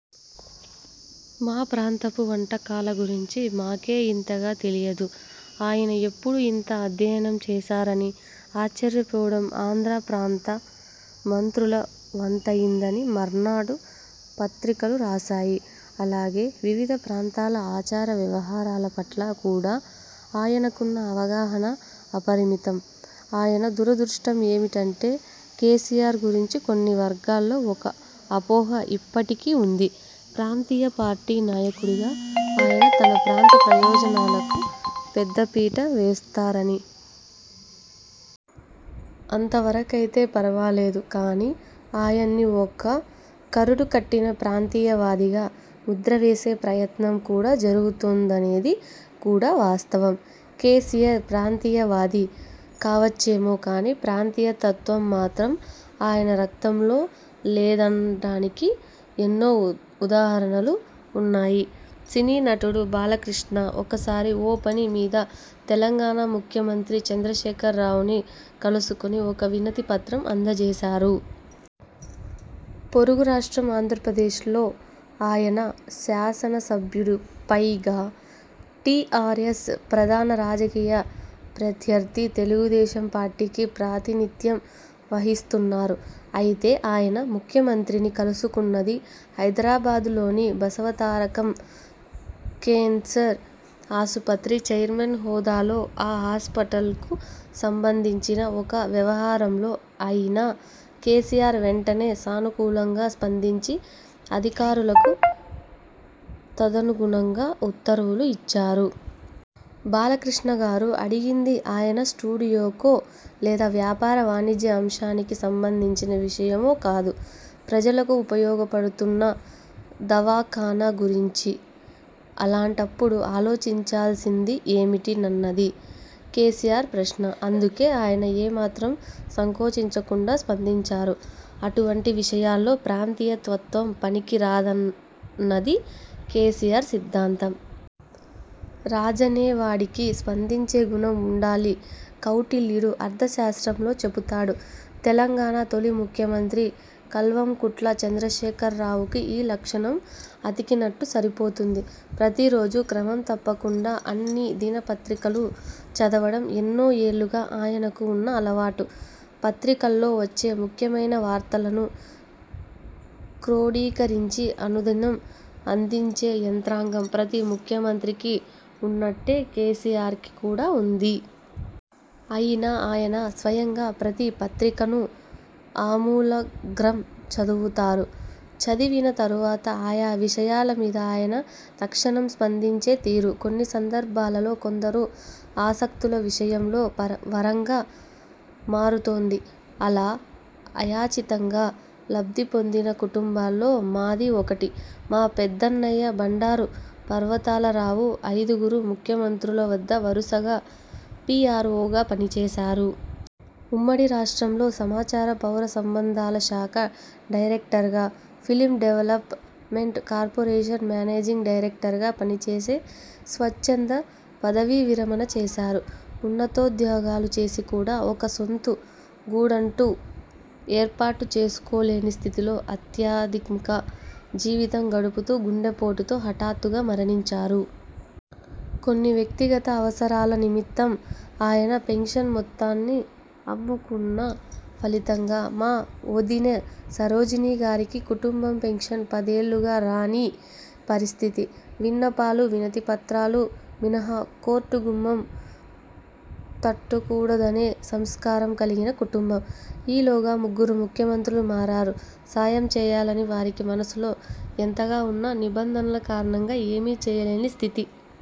'మా ప్రాంతపు వంటకాల గురించి మాకే ఇంతగా తెలియదు, ఆయన ఎప్పుడు ఇంత అధ్యయనం చేశార'ని ఆశ్చర్య పోవడం ఆంధ్రప్రాంత మంత్రుల వంతయిందని మర్నాడు పత్రికలు రాసాయి. అలాగే వివిధ ప్రాంతాల ఆచార వ్యవహారాల పట్ల కూడా ఆయనకున్న అవగాహన అపరిమితం. ఆయన దురదృష్టం ఏమిటంటే, కేసీఆర్ గురించి కొన్ని వర్గాల్లో ఒక అపోహ ఇప్పటికీ వుంది, ప్రాంతీయ పార్టీ నాయకుడిగా ఆయన, తన ప్రాంత ప్రయోజనాలకు పెద్ద పీట వేస్తారని. అంతవరకయితే పరవాలేదు. కానీ ఆయన్ని ఒక కరడు కట్టిన ప్రాంతీయవాదిగా ముద్రవేసే ప్రయత్నం కూడా జరుగుతోందనేది కూడా వాస్తవం. కేసీఆర్ ప్రాంతీయవాది కావచ్చేమో కాని ప్రాంతీయ తత్వం మాత్రం ఆయన రక్తంలో లేదనడానికి ఎన్నో ఉదాహరణలు వున్నాయి. సినీ నటుడు బాలకృష్ణ ఒకసారి ఓ పని మీద తెలంగాణా ముఖ్యమంత్రి చంద్రశేఖరరావుని కలుసుకుని ఒక వినతి పత్రం అందచేశారు. పొరుగు రాష్ట్రం ఆంధ్రప్రదేశ్లో ఆయన శాసనసభ్యుడు. పైగా టీఆర్ఎస్ ప్రధాన రాజకీయ ప్రత్యర్థి తెలుగుదేశం పార్టీకి ప్రాతినిధ్యం వహిస్తున్నారు. అయితే ఆయన ముఖ్యమంత్రిని కలుసుకున్నది హైదరాబాదులోని బసవతారకం కేన్సర్ ఆసుపత్రి చైర్మన్ హోదాలో, ఆ హాస్పిటల్కు సంబంధించిన ఒక వ్యవహారంలో. అయినా కేసీఆర్ వెంటనే సానుకూలంగా స్పందించి అధికారులకు తదనుగుణంగా ఉత్తర్వులు ఇచ్చారు. 'బాలకృష్ణ గారు అడిగింది ఆయన స్టూడియోకో, లేదా వ్యాపార వాణిజ్య అంశానికి సంబంధించిన విషయమో కాదు; ప్రజలకు ఉపయోగపడుతున్న దవాఖానా గురించి. అలాంటప్పుడు ఆలోచించాల్సింది ఏమిట'న్నది కేసీఆర్ ప్రశ్న. అందుకే ఆయన ఏమాత్రం సంకోచించకుండా స్పందించారు. అటువంటి విషయాల్లో ప్రాంతీయ తత్వం పనికి రాదన్నది కేసీఆర్ సిద్ధాంతం. రాజనేవాడికి స్పందించే గుణం వుండాలి కౌటిల్యుడు అర్థశాస్త్రంలో చెబుతాడు. తెలంగాణా తొలి ముఖ్యమంత్రి కల్వకుంట్ల చంద్రశేఖరరావుకి ఈ లక్షణం అతికినట్టు సరిపోతుంది. ప్రతిరోజూ క్రమం తప్పకుండా అన్ని దిన పత్రికలూ చదవడం ఎన్నో ఏళ్ళుగా ఆయనకు వున్న అలవాటు. పత్రికల్లో వచ్చే ముఖ్యమైన వార్తలను క్రోడీకరించి అనుదినం అందించే యంత్రాంగం ప్రతి ముఖ్యమంత్రికీ వున్నట్టే కేసీఆర్కి కూడా వుంది. అయినా ఆయన స్వయంగా ప్రతి పత్రికను ఆమూలాగ్రం చదువుతారు. చదివిన తరువాత ఆయా విషయాల మీద ఆయన తక్షణం స్పందించే తీరు కొన్ని సందర్భాలలో కొందరు అశక్తుల విషయంలో వరంగా మారుతోంది. అలా అయాచితంగా లబ్ధిపొందిన కుటుంబాల్లో మాదీ ఒకటి. మా పెద్దన్నయ్య భండారు పర్వతాల రావు అయిదుగురు ముఖ్యమంత్రుల వద్ద వరుసగా పీఆర్వోగా పనిచేశారు. ఉమ్మడి రాష్ట్రంలో సమాచార, పౌర సంబంధాల శాఖ డైరెక్టర్గా, film development corporation managing director గా పనిచేసి స్వచ్ఛంద పదవీవిరమణ చేసారు. ఉన్నతోద్యోగాలు చేసి కూడా ఒక సొంత గూడంటూ ఏర్పాటు చేసుకోలేని స్థితిలో ఆధ్యాత్మిక జీవితం గడుపుతూ గుండెపోటుతో హఠాత్తుగా మరణించారు. కొన్ని వ్యక్తిగత అవసరాల నిమిత్తం ఆయన పెన్షన్ మొత్తాన్ని అమ్ముకున్న ఫలితంగా మా ఒదినె సరోజిని గారికి కుటుంబ పెన్షన్ పదేళ్లుగా రాని పరిస్థితి. విన్నపాలు, వినతి పత్రాలు మినహా కోర్టు గుమ్మం తట్టకూడదనే సంస్కారం కలిగిన కుటుంబం. ఈలోగా ముగ్గురు ముఖ్యమంత్రులు మారారు. సాయం చేయాలని వారికి మనసులో యెంతగా వున్నా, నిబంధనల కారణంగా ఏమీ చేయలేని స్థితి.